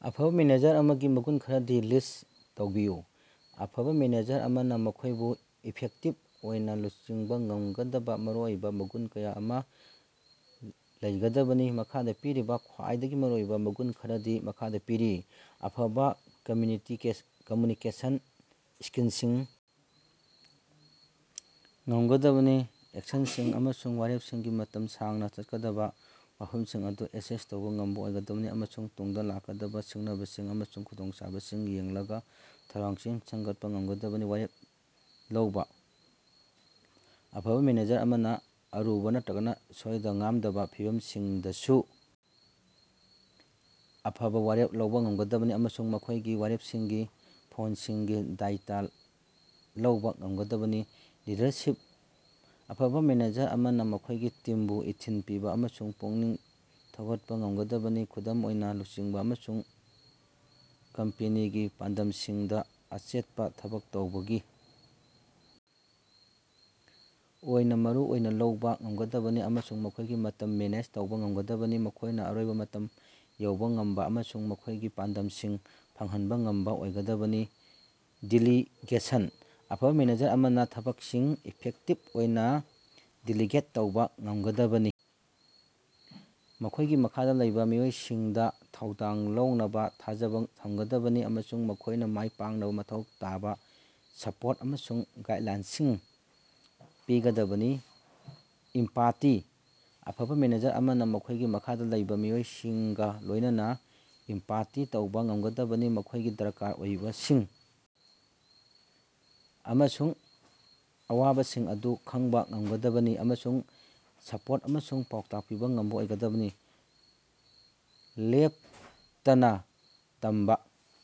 ꯑꯐꯕ ꯃꯦꯅꯦꯖꯔ ꯑꯃꯒꯤ ꯃꯒꯨꯟ ꯈꯔꯗꯤ ꯂꯤꯁ꯭ꯠ ꯇꯧꯕꯤꯌꯨ꯫ ꯑꯐꯕ ꯃꯦꯅꯦꯖꯔ ꯑꯃꯅ ꯃꯈꯣꯏꯕꯨ ꯏꯐꯦꯛꯇꯤꯕ ꯑꯣꯏꯅ ꯂꯨꯆꯤꯡꯕ ꯉꯝꯒꯗꯕ ꯃꯔꯨꯑꯣꯏꯕ ꯃꯒꯨꯟ ꯀꯌꯥ ꯑꯃ ꯂꯩꯒꯗꯕꯅꯤ꯫ ꯃꯈꯥꯗ ꯄꯤꯔꯤꯕ ꯈ꯭ꯋꯥꯏꯗꯒꯤ ꯃꯔꯨꯑꯣꯏꯕ ꯃꯒꯨꯟ ꯈꯔꯗꯤ ꯃꯈꯥꯗ ꯄꯤꯔꯤ - ꯑꯐꯕ ꯀꯝꯃ꯭ꯌꯨꯅꯤꯀꯦꯁꯟ ꯁ꯭ꯀꯤꯜꯁꯤꯡ - ꯉꯝꯒꯗꯕꯅꯤ, ꯑꯦꯛꯁꯟꯁꯤꯡ ꯑꯃꯁꯨꯡ ꯋꯥꯔꯦꯞꯁꯤꯡꯒꯤ ꯃꯇꯝ ꯁꯥꯡꯅ ꯆꯠꯀꯗꯕ ꯋꯥꯐꯝꯁꯤꯡ ꯑꯗꯨ ꯑꯦꯁꯦꯁ ꯇꯧꯕ ꯉꯝꯕ ꯑꯣꯏꯒꯗꯕꯅꯤ, ꯑꯃꯁꯨꯡ ꯇꯨꯡꯗ ꯂꯥꯛꯀꯗꯕ ꯁꯤꯡꯅꯕꯁꯤꯡ ꯑꯃꯁꯨꯡ ꯈꯨꯗꯣꯡꯆꯥꯕꯁꯤꯡ ꯌꯦꯡꯂꯒ ꯊꯧꯔꯥꯡꯁꯤꯡ ꯁꯦꯝꯒꯠꯄ ꯉꯝꯒꯗꯕꯅꯤ꯫ ꯋꯥꯔꯦꯞ ꯂꯧꯕ - ꯑꯐꯕ ꯃꯦꯅꯦꯖꯔ ꯑꯃꯅ ꯑꯔꯨꯕ ꯅꯠꯇꯔꯒ ꯁꯣꯏꯗ-ꯉꯥꯝꯗꯕ ꯐꯤꯚꯝꯁꯤꯡꯗꯁꯨ ꯑꯐꯕ ꯋꯥꯔꯦꯞ ꯂꯧꯕ ꯉꯝꯒꯗꯕꯅꯤ ꯑꯃꯁꯨꯡ ꯃꯈꯣꯏꯒꯤ ꯋꯥꯔꯦꯞꯁꯤꯡꯒꯤ ꯐꯜꯁꯤꯡꯒꯤ ꯗꯥꯏꯇꯥ ꯂꯧꯕ ꯉꯝꯒꯗꯕꯅꯤ꯫ ꯂꯤꯗꯔꯁꯤꯞ - ꯑꯐꯕ ꯃꯦꯅꯦꯖꯔ ꯑꯃꯅ ꯃꯈꯣꯏꯒꯤ ꯇꯤꯝꯕꯨ ꯏꯊꯤꯜ ꯄꯤꯕ ꯑꯃꯁꯨꯡ ꯄꯨꯛꯅꯤꯡ ꯊꯧꯒꯠꯄ ꯉꯝꯒꯗꯕꯅꯤ, ꯈꯨꯗꯝ ꯑꯣꯏꯅ ꯂꯨꯆꯤꯡꯕ ꯑꯃꯁꯨꯡ ꯀꯝꯄꯦꯅꯤꯒꯤ ꯄꯥꯟꯗꯝꯁꯤꯡꯗ ꯑꯆꯦꯠꯄ ꯊꯕꯛ ꯇꯧꯕꯒꯤ ꯑꯣꯏꯅ ꯃꯔꯨ ꯑꯣꯏꯅ ꯂꯧꯕ ꯉꯝꯒꯗꯕꯅꯤ ꯑꯃꯁꯨꯡ ꯃꯈꯣꯏꯒꯤ ꯃꯇꯝ ꯃꯦꯅꯦꯖ ꯇꯧꯕ ꯉꯝꯒꯗꯕꯅꯤ, ꯃꯈꯣꯏꯅ ꯑꯔꯣꯏꯕ ꯃꯇꯝ ꯌꯧꯕ ꯉꯝꯕ ꯑꯃꯁꯨꯡ ꯃꯈꯣꯏꯒꯤ ꯄꯥꯟꯗꯝꯁꯤꯡ ꯐꯪꯍꯟꯕ ꯉꯝꯕ ꯑꯣꯏꯒꯗꯕꯅꯤ꯫ ꯗꯦꯂꯤꯒꯦꯁꯟ - ꯑꯐꯕ ꯃꯦꯅꯦꯖꯔ ꯑꯃꯅ ꯊꯕꯛꯁꯤꯡ ꯏꯐꯦꯛꯇꯤꯕ ꯑꯣꯏꯅ ꯗꯦꯂꯤꯒꯦꯠ ꯇꯧꯕ ꯉꯝꯒꯗꯕꯅꯤ, ꯃꯈꯣꯏꯒꯤ ꯃꯈꯥꯗ ꯂꯩꯕ ꯃꯤꯑꯣꯏꯁꯤꯡꯗ ꯊꯧꯗꯥꯡ ꯂꯧꯅꯕ ꯊꯥꯖꯕ ꯊꯝꯒꯗꯕꯅꯤ ꯑꯃꯁꯨꯡ ꯃꯈꯣꯏꯅ ꯃꯥꯏ ꯄꯥꯛꯅꯕ ꯃꯊꯧ ꯇꯥꯕ ꯁꯄꯣꯔꯠ ꯑꯃꯁꯨꯡ ꯒꯥꯏꯗꯂꯥꯏꯟꯁꯤꯡ ꯄꯤꯒꯗꯕꯅꯤ꯫ ꯏꯝꯄꯥꯇꯤ -ꯑꯐꯕ ꯃꯦꯅꯦꯖꯔ ꯑꯃꯅ ꯃꯈꯣꯏꯒꯤ ꯃꯈꯥꯗ ꯂꯩꯕ ꯃꯤꯑꯣꯏꯁꯤꯡꯒ ꯂꯣꯏꯅꯅ ꯏꯝꯄꯥꯇꯤ ꯇꯧꯕ ꯉꯝꯒꯗꯕꯅꯤ, ꯃꯈꯣꯏꯒꯤ ꯗꯔꯀꯥꯔ ꯑꯣꯏꯕꯁꯤꯡ ꯑꯃꯁꯨꯡ ꯑꯋꯥꯕꯁꯤꯡ ꯑꯗꯨ ꯈꯪꯕ ꯉꯝꯒꯗꯕꯅꯤ ꯑꯃꯁꯨꯡ ꯁꯄꯣꯔꯠ ꯑꯃꯁꯨꯡ ꯄꯥꯎꯇꯥꯛ ꯄꯤꯕ ꯉꯝꯕ ꯑꯣꯏꯒꯗꯕꯅꯤ꯫ ꯂꯦꯞꯇꯅ ꯇꯝꯕ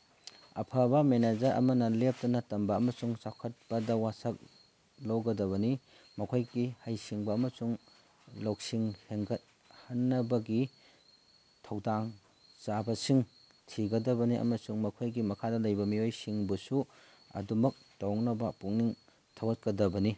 - ꯑꯐꯕꯥ ꯃꯦꯅꯦꯖꯔ ꯑꯃꯅ ꯂꯦꯞꯇꯅ ꯇꯝꯕ ꯑꯃꯁꯨꯡ ꯆꯥꯎꯈꯠꯄꯗ ꯋꯥꯁꯛ ꯂꯧꯒꯗꯕꯅꯤ, ꯃꯈꯣꯏꯒꯤ ꯍꯩꯁꯤꯡꯕ ꯑꯃꯁꯨꯡ ꯂꯧꯁꯤꯡ ꯍꯦꯟꯒꯠꯍꯟꯅꯕꯒꯤ ꯈꯨꯗꯣꯡꯆꯥꯕꯁꯤꯡ ꯊꯤꯒꯗꯕꯅꯤ ꯑꯃꯁꯨꯡ ꯃꯈꯣꯏꯒꯤ ꯃꯈꯥꯗ ꯂꯩꯕ ꯃꯤꯑꯣꯏꯁꯤꯡꯕꯨꯁꯨ ꯑꯗꯨꯃꯛ ꯇꯧꯅꯕ ꯄꯨꯛꯅꯤꯡ ꯊꯧꯒꯠꯀꯗꯕꯅꯤ꯫